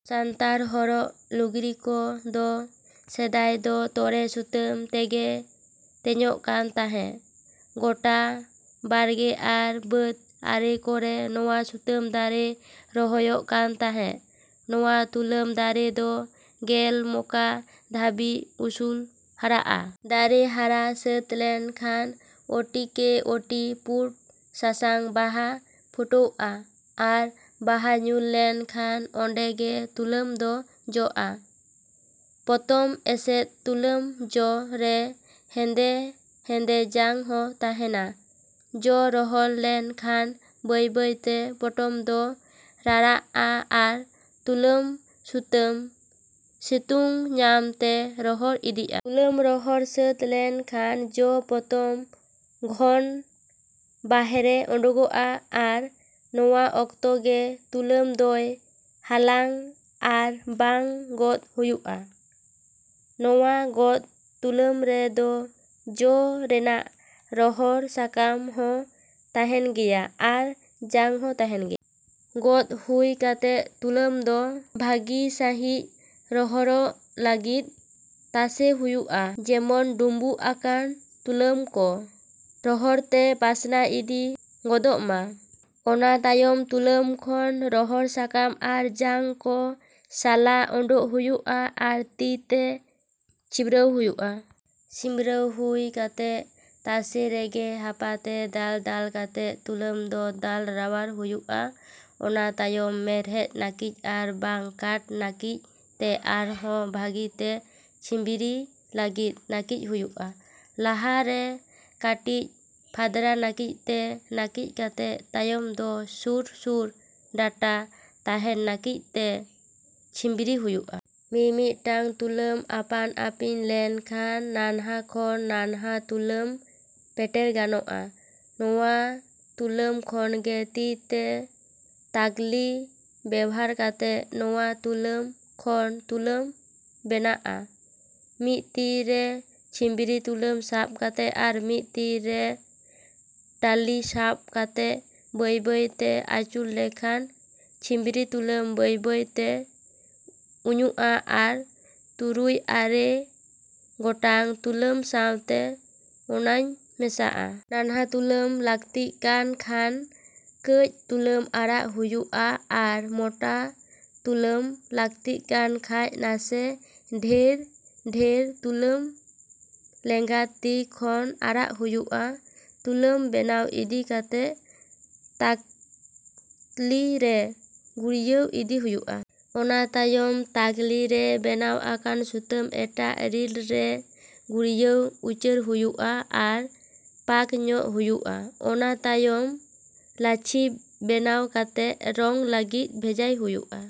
ᱥᱟᱱᱛᱟᱲ ᱦᱚᱨᱚᱜ ᱞᱩᱜᱽᱲᱤ ᱠᱚ ᱫᱚ ᱥᱮᱫᱟᱭ ᱫᱚ ᱛᱚᱲᱮ ᱥᱩᱛᱟᱹᱢ ᱛᱮᱜᱮ ᱛᱮᱧᱚᱜ ᱠᱟᱱ ᱛᱟᱦᱮᱸᱫ᱾ ᱜᱳᱰᱟ ᱵᱟᱲᱜᱮ ᱟᱨ ᱵᱟᱹᱫᱽ ᱟᱲᱮ ᱠᱚᱨᱮ ᱱᱚᱣᱟ ᱥᱩᱛᱟᱹᱢ ᱫᱟᱨᱮ ᱨᱚᱦᱚᱭᱚᱜ ᱠᱟᱱ ᱛᱟᱦᱮᱸᱫ᱾ ᱱᱚᱣᱟ ᱛᱩᱞᱟᱹᱢ ᱫᱟᱨᱮ ᱫᱚ ᱜᱮᱞ ᱢᱚᱠᱟ ᱫᱷᱟᱹᱵᱤᱡ ᱩᱥᱩᱞ ᱦᱟᱨᱟᱜᱼᱟ᱾ ᱫᱟᱨᱮ ᱦᱟᱨᱟ ᱥᱟᱹᱛ ᱞᱮᱱ ᱠᱷᱟᱱ ᱩᱴᱤ ᱠᱮ ᱩᱴᱤ ᱯᱩᱸᱰ ᱥᱟᱥᱟᱝ ᱵᱟᱦᱟ ᱯᱷᱩᱴᱟᱹᱣᱜᱼᱟ ᱟᱨ ᱵᱟᱦᱟ ᱧᱩᱨ ᱞᱮᱱ ᱠᱷᱟᱱ ᱚᱱᱰᱮ ᱜᱮ ᱛᱩᱞᱟᱹᱢ ᱫᱚ ᱡᱚᱜᱼᱟ᱾ ᱯᱚᱛᱚᱢ ᱮᱥᱮᱫ ᱛᱩᱞᱟᱹᱢ ᱡᱚ ᱨᱮ ᱦᱮᱱᱫᱮ ᱦᱮᱱᱫᱮ ᱡᱟᱝ ᱦᱚ ᱛᱟᱦᱮᱱᱟ᱾ ᱡᱚ ᱨᱚᱦᱚᱲ ᱞᱮᱱ ᱠᱷᱟᱱ ᱵᱟᱹᱭ ᱵᱟᱹᱭ ᱛᱮ ᱯᱚᱴᱚᱢ ᱫᱚ ᱨᱟᱲᱟᱜ ᱼᱟ ᱟᱨ ᱛᱩᱞᱟᱹᱢ ᱥᱩᱛᱟᱹᱢ ᱥᱤᱛᱩᱝ ᱧᱟᱢ ᱛᱮ ᱨᱚᱦᱚᱲ ᱤᱫᱤᱜᱼᱟ᱾ ᱛᱩᱞᱟᱹᱢ ᱨᱚᱦᱚᱲ ᱥᱟᱹᱛ ᱞᱮᱱ ᱠᱷᱟᱱ ᱡᱚ ᱯᱚᱛᱚᱢ ᱜᱷᱳᱱ ᱵᱟᱦᱨᱮ ᱚᱰᱚᱠᱚᱜᱼᱟ ᱟᱨ ᱱᱚᱣᱟ ᱚᱠᱛᱚ ᱜᱮ ᱛᱩᱞᱟᱹᱢ ᱫᱚᱭ ᱦᱟᱞᱟᱝ ᱟᱨ ᱵᱟᱝ ᱜᱚᱫ ᱦᱩᱭᱩᱜᱼᱟ᱾ ᱱᱚᱣᱟ ᱜᱚᱫ ᱛᱩᱞᱟᱹᱢ ᱨᱮ ᱫᱚ ᱡᱚ ᱨᱮᱱᱟᱜ ᱨᱚᱦᱚᱲ ᱥᱟᱠᱟᱢ ᱦᱚᱸ ᱛᱟᱦᱮᱱ ᱜᱮᱭᱟ ᱟᱨ ᱡᱟᱝ ᱦᱚᱸ ᱛᱟᱦᱮᱱ ᱜᱮᱭᱟ᱾ ᱜᱚᱫ ᱦᱩᱭ ᱠᱟᱛᱮ ᱛᱩᱞᱟᱹᱢ ᱫᱚ ᱵᱷᱟᱹᱜᱤ ᱥᱟᱦᱤᱸᱡ ᱨᱚᱦᱚᱲᱚᱜ ᱞᱟᱹᱜᱤᱫ ᱛᱟᱥᱮ ᱦᱩᱭᱩᱜᱼᱟ᱾ ᱡᱮᱢᱚᱱ ᱰᱩᱢᱵᱩᱜ ᱟᱠᱟᱱ ᱛᱩᱞᱟᱹᱢ ᱠᱚ ᱨᱚᱦᱚᱲ ᱛᱮ ᱯᱟᱥᱱᱟᱣ ᱤᱫᱤ ᱜᱚᱫᱚᱜ ᱢᱟ᱾ ᱚᱱᱟ ᱛᱟᱭᱟᱢ ᱛᱩᱞᱟᱹᱢ ᱠᱷᱚᱱ ᱨᱚᱦᱚᱲ ᱥᱟᱠᱟᱢ ᱟᱨ ᱡᱟᱝ ᱠᱚ ᱥᱟᱞᱟ ᱚᱰᱚᱠ ᱦᱩᱭᱩᱜᱼᱟ ᱟᱨ ᱛᱤ ᱛᱮ ᱪᱷᱤᱸᱵᱲᱟᱹᱣ ᱦᱩᱭᱩᱜᱼᱟ᱾ ᱪᱷᱤᱸᱵᱽᱲᱟᱹᱣ ᱦᱩᱭ ᱠᱟᱛᱮ ᱛᱟᱥᱮ ᱨᱮᱜᱮ ᱦᱟᱯᱟ ᱛᱮ ᱫᱟᱞ ᱫᱟᱞ ᱠᱟᱛᱮ ᱛᱩᱞᱟᱹᱢ ᱫᱚ ᱫᱟᱞ ᱨᱟᱣᱟᱞ ᱦᱩᱭᱩᱜᱼᱟ᱾ ᱚᱱᱟ ᱛᱟᱭᱟᱢ ᱢᱮᱬᱦᱮᱫ ᱱᱟᱹᱠᱤᱡ ᱟᱨ ᱵᱟᱝ ᱠᱟᱴᱷ ᱱᱟᱹᱠᱤᱡ ᱛᱮ ᱟᱨ ᱦᱚᱸ ᱵᱷᱟᱹᱜᱤ ᱛᱮ ᱪᱷᱤᱢᱵᱲᱤ ᱞᱟᱹᱜᱤᱫ ᱱᱟᱹᱠᱤᱡ ᱦᱩᱭᱩᱜᱼᱟ᱾ ᱞᱟᱦᱟ ᱨᱮ ᱠᱟᱹᱴᱤᱡ ᱯᱷᱟᱸᱫᱽᱲᱟ ᱱᱟᱹᱠᱤᱡ ᱛᱮ ᱱᱟᱹᱠᱤᱡ ᱠᱟᱛᱮ ᱛᱟᱭᱟᱢ ᱫᱚ ᱥᱩᱨ ᱥᱩᱨ ᱰᱟᱴᱟ ᱛᱟᱦᱮᱱ ᱱᱟᱹᱠᱤᱡ ᱛᱮ ᱪᱷᱤᱸᱵᱽᱲᱤ ᱦᱩᱭᱩᱜᱼᱟ᱾ ᱢᱤᱢᱤᱫ ᱴᱟᱝ ᱥᱩᱛᱟᱹᱢ ᱟᱯᱟᱱ ᱟᱹᱯᱤᱱ ᱞᱮᱱ ᱠᱷᱟᱱ ᱱᱟᱱᱦᱟ ᱠᱷᱚᱱ ᱱᱟᱱᱦᱟ ᱥᱩᱛᱟᱹᱢ ᱯᱮᱴᱮᱨ ᱜᱟᱱᱚᱜᱼᱟ᱾ ᱱᱚᱣᱟ ᱥᱩᱛᱟᱹᱢ ᱠᱷᱚᱱ ᱜᱮ ᱛᱤ ᱛᱮ ᱛᱟᱹᱠᱞᱤ ᱵᱮᱵᱷᱟᱨ ᱠᱟᱛᱮ ᱱᱚᱣᱟ ᱛᱩᱞᱟᱹᱢ ᱠᱷᱚᱱ ᱥᱩᱛᱟᱹᱢ ᱵᱮᱱᱟᱣᱚᱜᱼᱟ᱾ ᱢᱤᱫ ᱛᱤ ᱨᱮ ᱪᱷᱤᱸᱢᱵᱲᱤ ᱛᱩᱞᱟᱹᱢ ᱥᱟᱵ ᱠᱟᱛᱮ ᱟᱨ ᱢᱤᱫ ᱛᱤ ᱨᱮ ᱴᱟᱠᱞᱤ ᱥᱟᱵ ᱠᱟᱛᱮ ᱵᱟᱹᱭ ᱵᱟᱹᱭ ᱛᱮ ᱟᱹᱪᱩᱨ ᱞᱮᱠᱷᱟᱱ ᱪᱷᱤᱸᱢᱵᱲᱤ ᱛᱩᱞᱟᱹᱢ ᱵᱟᱹᱭ ᱵᱟᱹᱭ ᱛᱮ ᱩᱧᱩᱜᱼᱟ ᱟᱨ ᱛᱩᱨᱩᱭ ᱟᱨᱮ ᱜᱚᱴᱟᱝ ᱛᱩᱞᱟᱢ ᱥᱟᱶᱛᱮ ᱩᱱᱟᱧ ᱢᱮᱥᱟᱜᱼᱟ᱾ ᱱᱟᱱᱦᱟ ᱥᱩᱛᱟᱢ ᱞᱟᱹᱠᱛᱤᱜ ᱠᱟᱱ ᱠᱷᱟᱱ ᱠᱟᱹᱡ ᱛᱩᱞᱟᱹᱢ ᱟᱲᱟᱜ ᱦᱩᱭᱩᱜᱼᱟ ᱟᱨ ᱢᱚᱴᱟ ᱥᱩᱛᱟᱹᱢ ᱞᱟᱹᱠᱛᱤᱜ ᱠᱟᱱ ᱠᱷᱟᱱ ᱱᱟᱥᱮ ᱰᱮᱦᱮᱨ ᱰᱮᱦᱮᱨ ᱛᱩᱞᱟᱹᱢ ᱞᱮᱱᱜᱟ ᱛᱤ ᱠᱷᱚᱱ ᱟᱲᱟᱜ ᱦᱩᱭᱩᱜᱼᱟ᱾ ᱥᱩᱛᱟᱹᱢ ᱵᱮᱱᱟᱣ ᱤᱫᱤ ᱠᱟᱛᱮ ᱛᱟᱹᱠᱞᱤ ᱨᱮ ᱜᱩᱲᱤᱭᱟᱹᱣ ᱤᱫᱤ ᱦᱩᱭᱩᱜᱼᱟ᱾ ᱚᱱᱟ ᱛᱟᱭᱚᱢ ᱛᱟᱠᱞᱤ ᱨᱮ ᱵᱮᱱᱟᱣ ᱟᱠᱟᱱ ᱥᱩᱛᱟᱹᱢ ᱮᱴᱟᱜ ᱨᱤᱞ ᱨᱮ ᱜᱩᱲᱤᱭᱟᱹᱣ ᱩᱪᱟᱹᱲ ᱦᱩᱭᱩᱜᱼᱟ ᱟᱨ ᱯᱟᱸᱠ ᱧᱚᱜ ᱦᱩᱭᱩᱜᱼᱟ᱾ ᱚᱱᱟ ᱛᱟᱭᱟᱢ ᱞᱟᱹᱪᱷᱤ ᱵᱮᱱᱟᱣ ᱠᱟᱛᱮ ᱨᱚᱝ ᱞᱟᱹᱜᱤᱫ ᱵᱷᱮᱡᱟ ᱦᱩᱭᱩᱜᱼᱟ᱾।